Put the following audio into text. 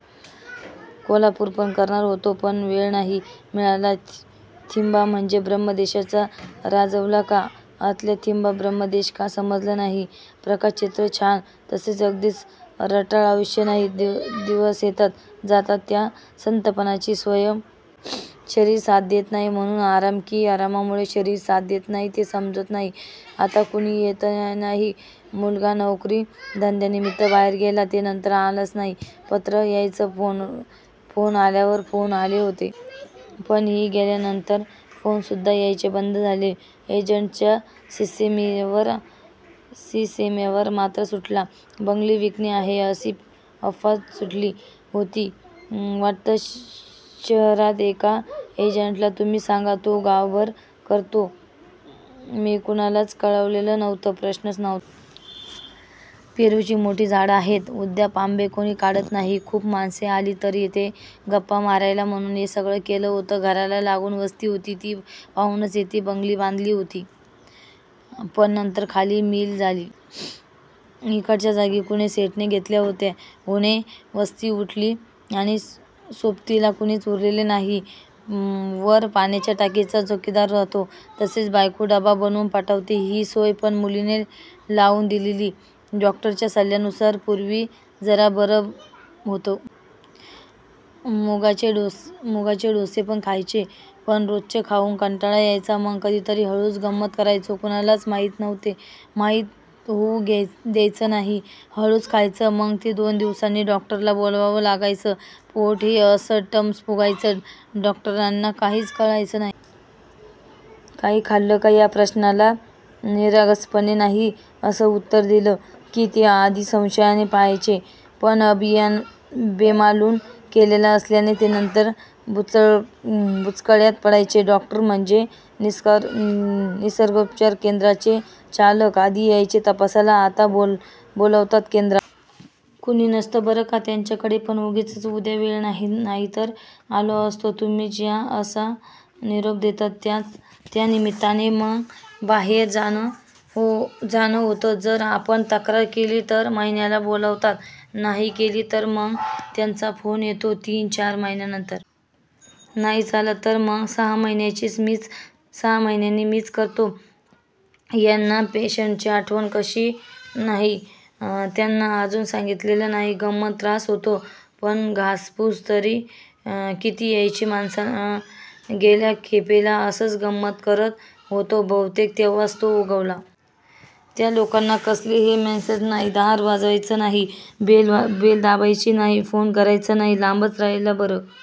कोल्हापूर पण करणार होतो पण वेळ नाही मिळाला. थिबा म्हणजे ब्रह्मदेशाचा राजावालं का? अतल्या, थिबा ब्रम्हदेश काही समजंल नाही. प्रकाशचित्र छान! तसं अगदीच रटाळ आयुष्य नाही. दिवस येतात, जातात. त्या संथपणाची सयम शरीर साथ देत नाही म्हणून आराम कि आरामामुळं शरीर साथ देत नाही हे समजत नाही. आता कुणी येतही नाही. मुलगा नोकरी धंद्यानिमित्त बाहेर गेला ते नंतर आलाच नाही. पत्रं यायचं. फोन आल्यावर फोन आले होते. पण ही गेल्यानंतर फोन सुद्धा यायचे बंद झाले. एजंट्सचा ससेमिरा मात्र सुटला. बंगली विकणे आहे अशी अफवा सुटली होती वाटतं शहरात. एका एजंटला तुम्ही सांगा, तो गावभर करतो. मी कुणालाच कळवलेलं नव्हतं. प्रश्नच नव्हता. पेरूची मोठी झाडं आहेत अद्याप. आंबे कुणी काढत नाही. खूप माणसं आली तर इथे गप्पा मारायला म्हणून हे सगळं केलं होतं. घराला लागून वस्ती होती. ती पाहूनच इथे बंगली बांधली होती. पण नंतर खाली मिल झाली. इकडच्या जागा कूणी शेठने घेतल्या म्हणे. वस्ती उठली. आता सोबतीला कुणीच उरलेलं नाही. वर पाण्याच्या टाकीचा चौकीदार राहतो. त्याचीच बायको डबा बनवून पाठवते. ही सोय पण मुलीने लावून दिलेली. डॉक्टरच्या सल्ल्यानुसार. पूर्वी जरा बरं होतं. मुगाचे डोसे मुगाचे डोसे पण यायचे. पण रोजच खाऊन कंटाळा यायचा. मग कधीतरी हळूच गंमत करायचो. कुणालाच माहीत होऊ द्यायचं नाही. हळूच खायचं. मग दोन दिवसांनी डॉक्टरला बोलवावं लागायचं. पोट हे असं टम्म फुगायचं. डॉक्टरांना काहीच कळायचं नाही. काही खाल्लं का? या प्रश्नाला निरागसपणे नाही असं उत्तर दिलं की ते आधी संशयाने पहायचे. पण अभिनय बेमालूम केलेला असल्याने नंतर बुचकळ्यात पडायचे. डॉक्टर म्हणजे निर्सगोपचार केंद्राचे चालक. आधी यायचे तपासायला. आता बोलवतात केंद्रावर. कुणी नसतं बरं का त्यांच्याकडे. पण उगीचच उद्या वेळ नाही नाहीतर आलो असतो. तुम्हीच या असा निरोप देतात. त्या निमित्ताने मग बाहेर जाणं होतं. जर आपण तक्रार केली तर महिन्याला बोलवतात. नाही केली की मग त्यांचा फोन येतो तीन चार महीन्यानंतर. नाहीच आला तर मग सहा महीन्यांनी मीच करतो. यांना पेशंटची आठवण कशी नाही? त्यांन अजून सांगितलेली नाही गंमत. त्रास होतो. पण घासपूस तरी किती खायची माणसानं? गेल्या खेपेला असंच गंमत करत होतो बहुतेक तेव्हांच तो उगवला. या लोकांना कसलेही मॅनर्स नाहीत. दार वाजवायचं नाही, बेल दाबायची नाही. फोन करायचा तर लांबच राहीलं. बर